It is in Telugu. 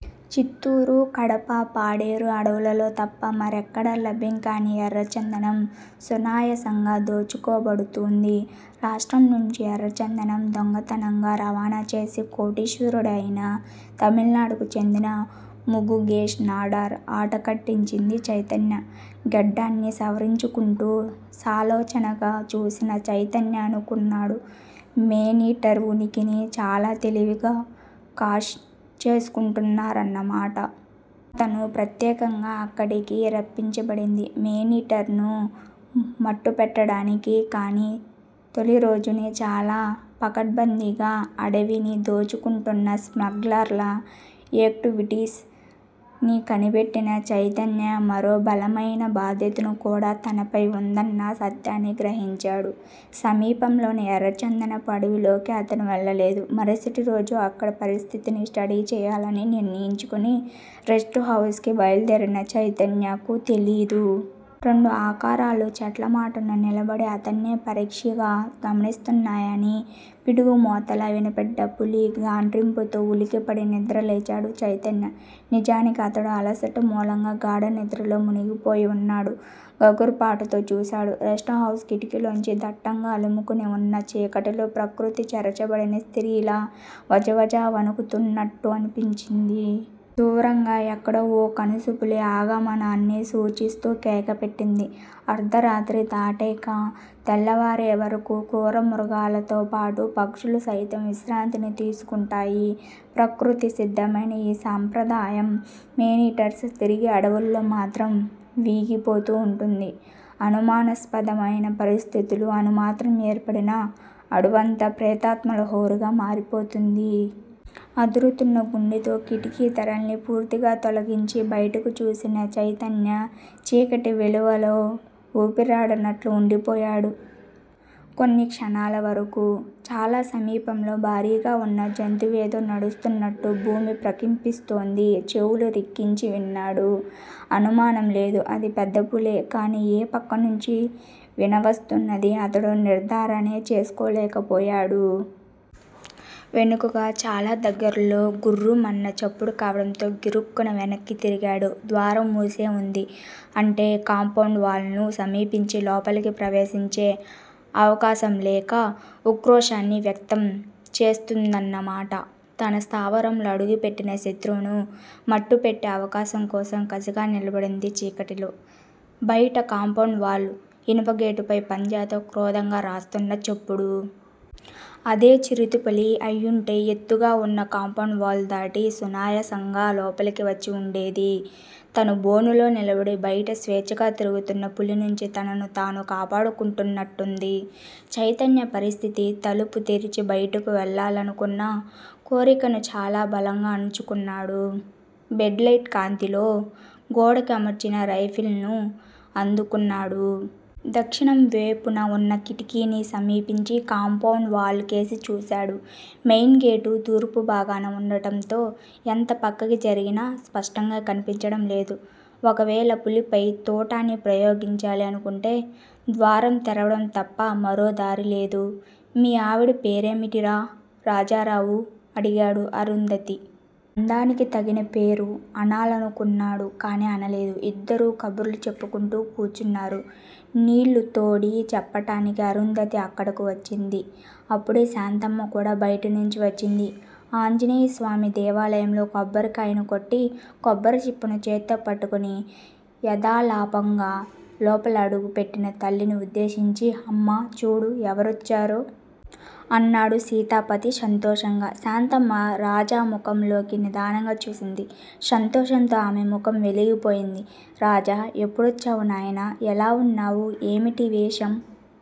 చిత్తూరు, కడప, పాడేరు అడవులలో తప్ప మరెక్కడా లభ్యం కాని ఎర్రచందనం సునాయాసంగా దోచుకోబడుతూంది. రాష్ట్రం నుంచి ఎర్రచందనం దొంగతనంగా రవాణాచేసి కోటీశ్వరుడయిన తమిళనాడుకు చెందిన ముగుగేశ్ నాడార్ ఆట కట్టించింది చైతన్య. గెడ్డాన్ని సవరించుకుంటూ సాలోచనగా చూసిన చైతన్య అనుకున్నాడు మేనీటర్ ఉనికిని చాలా తెలివిగా కాష్ చేసుకుంటున్నారన్నమాట. అతను ప్రత్యేకంగా అక్కడికి రప్పించబడింది మేనీటర్ ను మట్టుపెట్టడానికి. కానీ తొలి రోజునే చాలా పకడ్భందీగా అడవినిదోచుకుంటున్న స్మగ్లర్ల ఏక్టువిటీస్ ని కనిపెట్టిన చైతన్య మరో బలమయిన బాధ్యతనుకూడా తనపై వుందన్న సత్యాన్ని గ్రహించాడు. సమీపంలోని ఎర్రచందనపు అడవిలోకి అతను వెళ్ళలేదు. మరుసటిరోజు అక్కడి పరిస్థితిని స్టడీ చేయాలని నిర్ణయించుకుని రెస్టుహౌస్ కి బయలుదేరిన చైతన్యకు తెలీదు. రెండు ఆకారాలు చెట్లమాటున నిలబడి అతన్నే పరీక్షగా గమనిస్తున్నాయని. పిడుగుమోతలా వినబడ్డ పులి గాండ్రింపుతో ఉలికిపడి నిద్రలేచాడు చైతన్య. నిజానికి అతడు అలసట మూలంగా గాఢనిద్రలో మునిగిపోయివున్నాడు. గగుర్పాటుతో చూశాడు రెస్టుహౌస్ కిటికీలోంచి. దట్టంగా అలుముకుని వున్న చీకటిలో ప్రకృతి చెరచబడిన స్త్రీలా వజవజా వణుకుతూన్నట్టనిపించింది. దూరంగా ఎక్కడో ఓ కణుసు పులి ఆగమనాన్ని సూచిస్తూ కేక పెట్టింది. అర్దరాత్రి దాటేక తెల్లవారేవరకూ క్రూరమృగాలతోపాటు పక్షులు సైతం విశ్రాంతిని తీసుకుంటాయి. ప్రకృతి సిద్ధమయిన ఈ సంప్రదాయం మేనీటర్స్ తిరిగే అడవుల్లో మాత్రం వీగిపోతూ వుంటుంది. అనుమానాస్పదమయిన పరిస్థితులు అణుమాత్రం ఏర్పడినా, అడవంతా ప్రేతాత్మల హోరుగా మారిపోతుంది. అదురుతున్న గుండెతో కిటికీ తెరల్ని పూర్తిగా తొలగించి బయటకు చూసిన చైతన్య చీకటి వెల్లువలో ఊపిరాడనట్లు ఉండిపోయాడు కొన్ని క్షణాలవరకూ. చాలా సమీపంలో భారీగావున్న జంతువేదో నడుస్తున్నట్టు భూమి ప్రకంపిస్తూంది. చెవులు రిక్కించి విన్నాడు. అనుమానం లేదు. అది పెద్దపులే. కాని, ఏ పక్కనుంచి వినవస్తున్నదీ అతడు నిర్దారణే చేసుకోలేకపోయాడు. వెనుకగా చాలా దగ్గర్లో గుర్రుమన్న చప్పుడు కావడంతో గిరుక్కున వెనక్కి తిరిగాడు. ద్వారంమూసే వుంది. అంటే కాంపౌండువాల్ ను సమీపించి లోపలికి ప్రవేశించే అవకాశం లేక ఉక్రోషాన్ని వ్యక్తం చేస్తూందన్నమాట. తన స్థావరంలో అడుగుపెట్టిన శత్రువును మట్టుపెట్టే అవకాశం కోసం కసిగా నిలబడింది చీకటిలో. బయట కాంపౌండ్ వాల్ ఇనుపగేటుపై పంజాతో క్రోధంగా రాస్తున్న చప్పుడు. అదే చిరుతపులి అయ్యుంటే ఎత్తుగావున్న కాంపౌండ్ వాల్ దాటి సునాయాసంగా లోపలికివచ్చి వుండేది. తను బోనులో నిలబడి బయట స్వేచ్ఛగా తిరుగుతున్న పులి నుంచి తనను తాను కాపాడుకుంటున్నట్టుంది చైతన్య పరిస్థితి. తలుపు తెరిచి బయటకు వెళ్ళాలనుకున్న కోరికను చాలా బలంగా అణుచుకున్నాడు. బెడ్ లైట్ కాంతిలో గోడకి అమర్చిన రైఫిల్ ను అందుకున్నాడు. దక్షిణంవేపున వున్న కిటికీని సమీపించి కాంపౌండ్ వాల్ కేసి చూశాడు. మెయిన్ గేటు తూర్పుభాగాన ఉండటంతో ఎంత పక్కకి జరిగినా స్పష్టంగా కనిపించడంలేదు. ఒకవేళ పులిపై తూటాని ప్రయోగించాలి అనుకుంటే ద్వారం తెరవడం తప్ప మరో దారిలేదు. మీ ఆవిడ పేరేమిటిరా? రాజారావు అడిగాడు. అరుంధతి! అందానికి తగిన పేరు అనాలనుకున్నాడు కాని అనలేదు. ఇద్దరూ కబుర్లు చెప్పుకుంటూ కూచున్నారు. నీళ్ళు తోడి చెప్పటానికి అరుంధతి అక్కడకు వచ్చింది. అప్పుడే శాంతమ్మ కూడా బయటినుంచి వచ్చింది. ఆంజనేయస్వామి దేవాలయంలో కొబ్బరి కాయను కొట్టి, కొబ్బరిచిప్పను చేత్తో పట్టుకుని యథాలాపంగా లోపల అడుగు పెట్టిన తల్లిని ఉద్దేశించి, అమ్మా చూడు ఎవరొచ్చారో! అన్నాడు సీతాపతి సంతోషంగా. శాంతమ్మ రాజా ముఖంలోకి నిదానంగా చూసింది. సంతోషంతో ఆమె ముఖం వెలిగిపోయింది. రాజా! ఎప్పుడొచ్చావు నాయనా! ఎలా వున్నావు? ఏమిటీ వేషం?